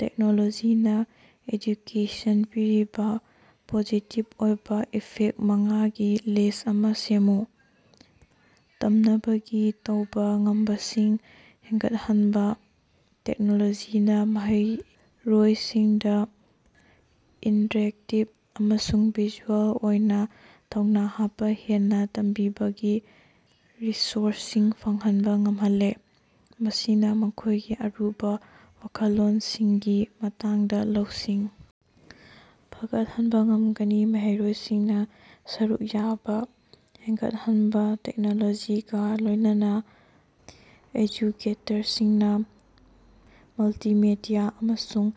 ꯇꯦꯛꯅꯣꯂꯣꯖꯤꯅ ꯑꯦꯖꯨꯀꯦꯁꯟꯗ ꯄꯤꯔꯤꯕ ꯄꯣꯖꯤꯇꯤꯞ ꯑꯣꯏꯕ ꯏꯐꯦꯛ ꯃꯉꯥꯒꯤ ꯂꯤꯁ ꯑꯃ‌ ꯁꯦꯝꯃꯨ꯫ ꯇꯝꯅꯕꯒꯤ ꯇꯧꯕ ꯉꯝꯕꯁꯤꯡ ꯍꯦꯟꯒꯠꯍꯟꯕ- ꯇꯦꯛꯅꯣꯂꯣꯖꯤꯅ ꯃꯍꯩꯔꯣꯏꯁꯤꯡꯗ ꯏꯟꯇꯔꯦꯛꯇꯤꯞ ꯑꯃꯁꯨꯡ ꯚꯤꯖꯨꯑꯦꯜ ꯑꯣꯏꯅ ꯊꯧꯅꯥ ꯍꯥꯞꯄ ꯍꯦꯟꯅ ꯇꯝꯕꯤꯕꯒꯤ ꯔꯤꯁꯣꯔꯁꯁꯤꯡ ꯐꯪꯍꯟꯕ ꯉꯝꯍꯜꯂꯦ, ꯃꯁꯤꯅ ꯃꯈꯣꯏꯒꯤ ꯑꯔꯨꯕ ꯋꯥꯈꯜꯂꯣꯟꯁꯤꯡꯒꯤ ꯃꯇꯥꯡꯗ ꯂꯧꯁꯤꯡ ꯐꯒꯠꯍꯟꯕ ꯉꯝꯒꯅꯤ꯫ ꯃꯍꯩꯔꯣꯏꯁꯤꯡꯅ ꯁꯔꯨꯛ ꯌꯥꯕ ꯍꯦꯟꯒꯠꯍꯟꯕ- ꯇꯦꯛꯅꯣꯂꯣꯖꯤꯒ ꯂꯣꯏꯅꯅ ꯑꯦꯖꯨꯀꯦꯇꯔꯁꯤꯡꯅ ꯃꯜꯇꯤꯃꯦꯗꯤꯌꯥ ꯑꯃꯁꯨꯡ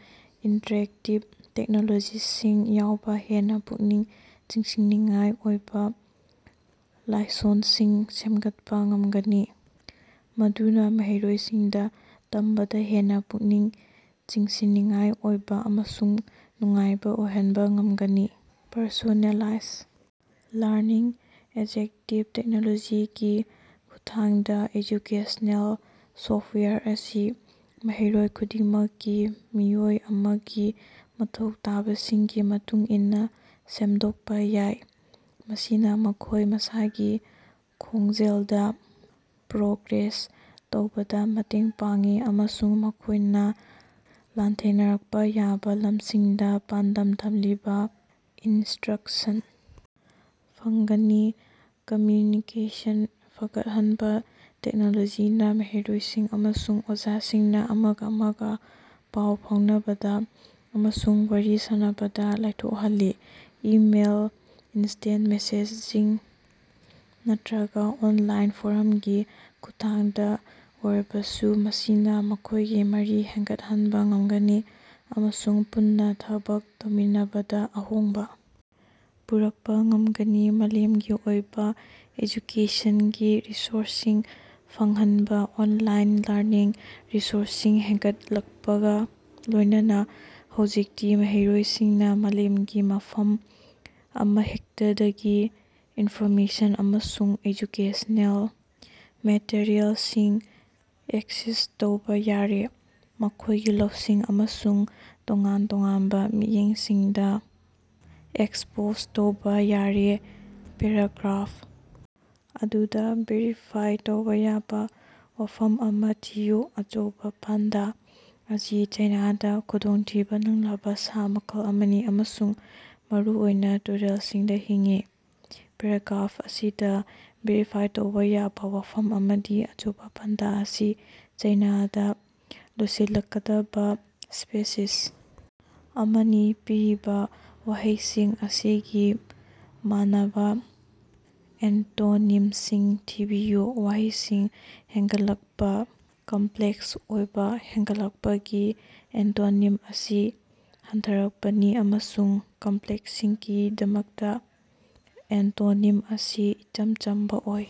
ꯏꯟꯇꯔꯦꯛꯇꯤꯕ ꯇꯦꯛꯅꯣꯂꯣꯖꯤꯁꯤꯡ ꯌꯥꯎꯕ ꯍꯦꯟꯅ ꯄꯨꯛꯅꯤꯡ ꯆꯤꯡꯁꯤꯟꯅꯤꯡꯉꯥꯏ ꯑꯣꯏꯕ ꯂꯥꯏꯁꯣꯟꯁꯤꯡ ꯁꯦꯝꯒꯠꯄ ꯉꯝꯒꯅꯤ, ꯃꯗꯨꯅ ꯃꯍꯩꯔꯣꯏꯁꯤꯡꯗ ꯇꯝꯕꯗ ꯍꯦꯟꯅ ꯄꯨꯛꯅꯤꯡ ꯆꯤꯡꯁꯤꯟꯅꯤꯡꯉꯥꯏ ꯑꯣꯏꯕ ꯑꯃꯁꯨꯡ ꯅꯨꯡꯉꯥꯏꯕ ꯑꯣꯏꯍꯟꯕ ꯉꯝꯒꯅꯤ꯫ ꯄꯔꯁꯣꯅꯦꯂꯥꯏꯖ ꯂꯔꯅꯤꯡ- ꯑꯦꯛꯖꯦꯛꯇꯤꯞ ꯇꯦꯛꯅꯣꯂꯣꯖꯤꯒꯤ ꯈꯨꯠꯊꯥꯡꯗ, ꯑꯦꯖꯨꯀꯦꯁꯅꯦꯜ ꯁꯣꯐꯋꯦꯌꯔ ꯑꯁꯤ ꯃꯍꯩꯔꯣꯏ ꯈꯨꯗꯤꯡꯃꯛꯀꯤ ꯃꯤꯑꯣꯏ ꯑꯃꯒꯤ ꯃꯊꯧ ꯇꯥꯕꯁꯤꯡꯒꯤ ꯃꯇꯨꯡ ꯏꯟꯅ ꯁꯦꯝꯗꯣꯛꯄ ꯌꯥꯏ, ꯃꯁꯤꯅ ꯃꯈꯣꯏ ꯃꯁꯥꯒꯤ ꯈꯣꯡꯖꯦꯜꯗ‌ ꯄ꯭ꯔꯣꯒ꯭ꯔꯦꯁ ꯇꯧꯕꯗ ꯃꯇꯦꯡ ꯄꯥꯡꯏ ꯑꯃꯁꯨꯡ ꯃꯈꯣꯏꯅ ꯂꯥꯟꯊꯦꯡꯅꯔꯛꯄ ꯌꯥꯕ ꯂꯝꯁꯤꯡꯗ ꯄꯥꯟꯗꯝ ꯊꯝꯂꯤꯕ‌ ꯏꯟꯁꯇ꯭ꯔꯛꯁꯟ ꯐꯪꯒꯅꯤ꯫ ꯀꯝꯃ꯭ꯌꯨꯅꯤꯀꯦꯁꯟ ꯐꯒꯠꯍꯟꯕ- ꯇꯦꯛꯅꯣꯂꯣꯖꯤꯅ ꯃꯍꯩꯔꯣꯏꯁꯤꯡ ꯑꯃꯁꯨꯡ ꯑꯣꯖꯥꯁꯤꯡꯅ ꯑꯃꯒ ꯑꯃꯒ ꯄꯥꯎ ꯐꯥꯎꯅꯕꯗ ꯑꯃꯁꯨꯡ ꯋꯥꯔꯤ ꯁꯥꯅꯕꯗ ꯂꯥꯏꯊꯣꯛꯍꯜꯂꯦ, ꯏꯃꯦꯜ, ꯏꯟꯁꯇꯦꯟ ꯃꯦꯁꯦꯖꯤꯡ, ꯅꯠꯇ꯭ꯔꯒ ꯑꯣꯟꯂꯥꯏꯟ ꯐꯣꯔꯝꯒꯤ ꯈꯨꯠꯊꯥꯡꯗ ꯑꯣꯏꯔꯕꯁꯨ, ꯃꯁꯤꯅ ꯃꯈꯣꯏꯒꯤ ꯃꯔꯤ ꯍꯦꯟꯒꯠꯍꯟꯕ ꯉꯝꯒꯅꯤ ꯑꯃꯁꯨꯡ ꯄꯨꯟꯅ ꯊꯕꯛ ꯇꯧꯃꯤꯟꯅꯕꯗ ꯑꯍꯣꯡꯕ ꯄꯨꯔꯛꯄ ꯉꯝꯒꯅꯤ꯫ ꯃꯥꯂꯦꯝꯒꯤ ꯑꯣꯏꯕ ꯑꯦꯖꯨꯀꯦꯁꯟꯒꯤ ꯔꯤꯁꯣꯔꯁꯁꯤꯡ ꯐꯪꯍꯟꯕ- ꯑꯣꯟꯂꯥꯏꯟ ꯂꯔꯅꯤꯡ ꯔꯤꯁꯣꯔꯁꯁꯤꯡ ꯍꯦꯟꯒꯠꯂꯛꯄꯒ ꯂꯣꯏꯅꯅ ꯍꯧꯖꯤꯛꯇꯤ ꯃꯍꯩꯔꯣꯏꯁꯤꯡꯅ ꯃꯥꯂꯦꯝꯒꯤ ꯃꯐꯝ ꯑꯃꯍꯦꯛꯇꯗꯒꯤ ꯏꯟꯐꯣꯔꯃꯦꯁꯟ ꯑꯃꯁꯨꯡ ꯑꯦꯖꯨꯀꯦꯁꯅꯦꯜ ꯃꯦꯇꯔꯤꯌꯦꯜꯁꯤꯡ ꯑꯦꯛꯁꯦꯁ ꯇꯧꯕ ꯌꯥꯔꯦ, ꯃꯈꯣꯏꯒꯤ ꯂꯧꯁꯤꯡ ꯑꯃꯁꯨꯡ ꯇꯣꯉꯥꯟ-ꯇꯣꯉꯥꯟꯕ ꯃꯤꯠꯌꯦꯡꯁꯤꯡꯗ‌ ꯑꯦꯛꯁꯄꯣꯖ ꯇꯧꯕ ꯌꯥꯔꯦ꯫ ꯄꯦꯔꯥꯒ꯭ꯔꯥꯐ ꯑꯗꯨꯗ, ꯚꯦꯔꯤꯐꯥꯏ ꯇꯧꯕ ꯌꯥꯕ ꯋꯥꯐꯝ ꯑꯃ ꯊꯤꯌꯨ꯫ ꯑꯆꯧꯕꯥ ꯄꯥꯟꯗꯥ ꯑꯁꯤ ꯆꯥꯏꯅꯥꯗꯥ ꯈꯨꯗꯣꯡꯊꯤꯕ ꯅꯪꯂꯕ ꯁꯥ ꯃꯈꯜ ꯑꯃꯅꯤ ꯑꯃꯁꯨꯡ ꯃꯔꯨꯑꯣꯏꯅ ꯇꯨꯔꯦꯜꯁꯤꯡꯗ ꯍꯤꯡꯏ꯫ ꯄꯦꯔꯥꯒ꯭ꯔꯥꯐ ꯑꯁꯤꯗꯥ ꯚꯦꯔꯤꯐꯥꯏ ꯇꯧꯕꯥ ꯌꯥꯕ ꯋꯥꯐꯝ ꯑꯃꯗꯤ "ꯑꯆꯧꯕꯥ ꯄꯥꯟꯗꯥ ꯑꯁꯤ ꯆꯥꯏꯅꯥꯗꯥ ꯂꯣꯏꯁꯤꯜꯂꯛꯀꯗꯕ ꯁ꯭ꯄꯦꯁꯤꯁ ꯑꯃꯅꯤ꯫" ꯄꯤꯔꯤꯕ ꯋꯥꯍꯩꯁꯤꯡ ꯑꯁꯤꯒꯤ ꯃꯥꯟꯅꯕꯥ ꯑꯦꯟꯇꯣꯅꯤꯝꯁꯤꯡ ꯊꯤꯕꯤꯌꯨ꯫ ꯋꯥꯍꯩꯁꯤꯡ: ꯍꯦꯟꯒꯠꯂꯛꯄ, ꯀꯝꯄ꯭ꯂꯦꯛꯁ ꯑꯣꯏꯕ꯫ ꯍꯦꯟꯒꯠꯂꯛꯄꯒꯤ ꯑꯦꯟꯇꯣꯅꯤꯝ ꯑꯁꯤ ꯍꯟꯊꯔꯛꯄꯅꯤ ꯑꯃꯁꯨꯡ ꯀꯝꯄ‍꯭ꯂꯦꯛꯁꯀꯤꯗꯃꯛꯇ ꯑꯦꯟꯇꯣꯅꯤꯝ ꯑꯁꯤ ꯏꯆꯝ ꯆꯝꯕ ꯑꯣꯏ꯫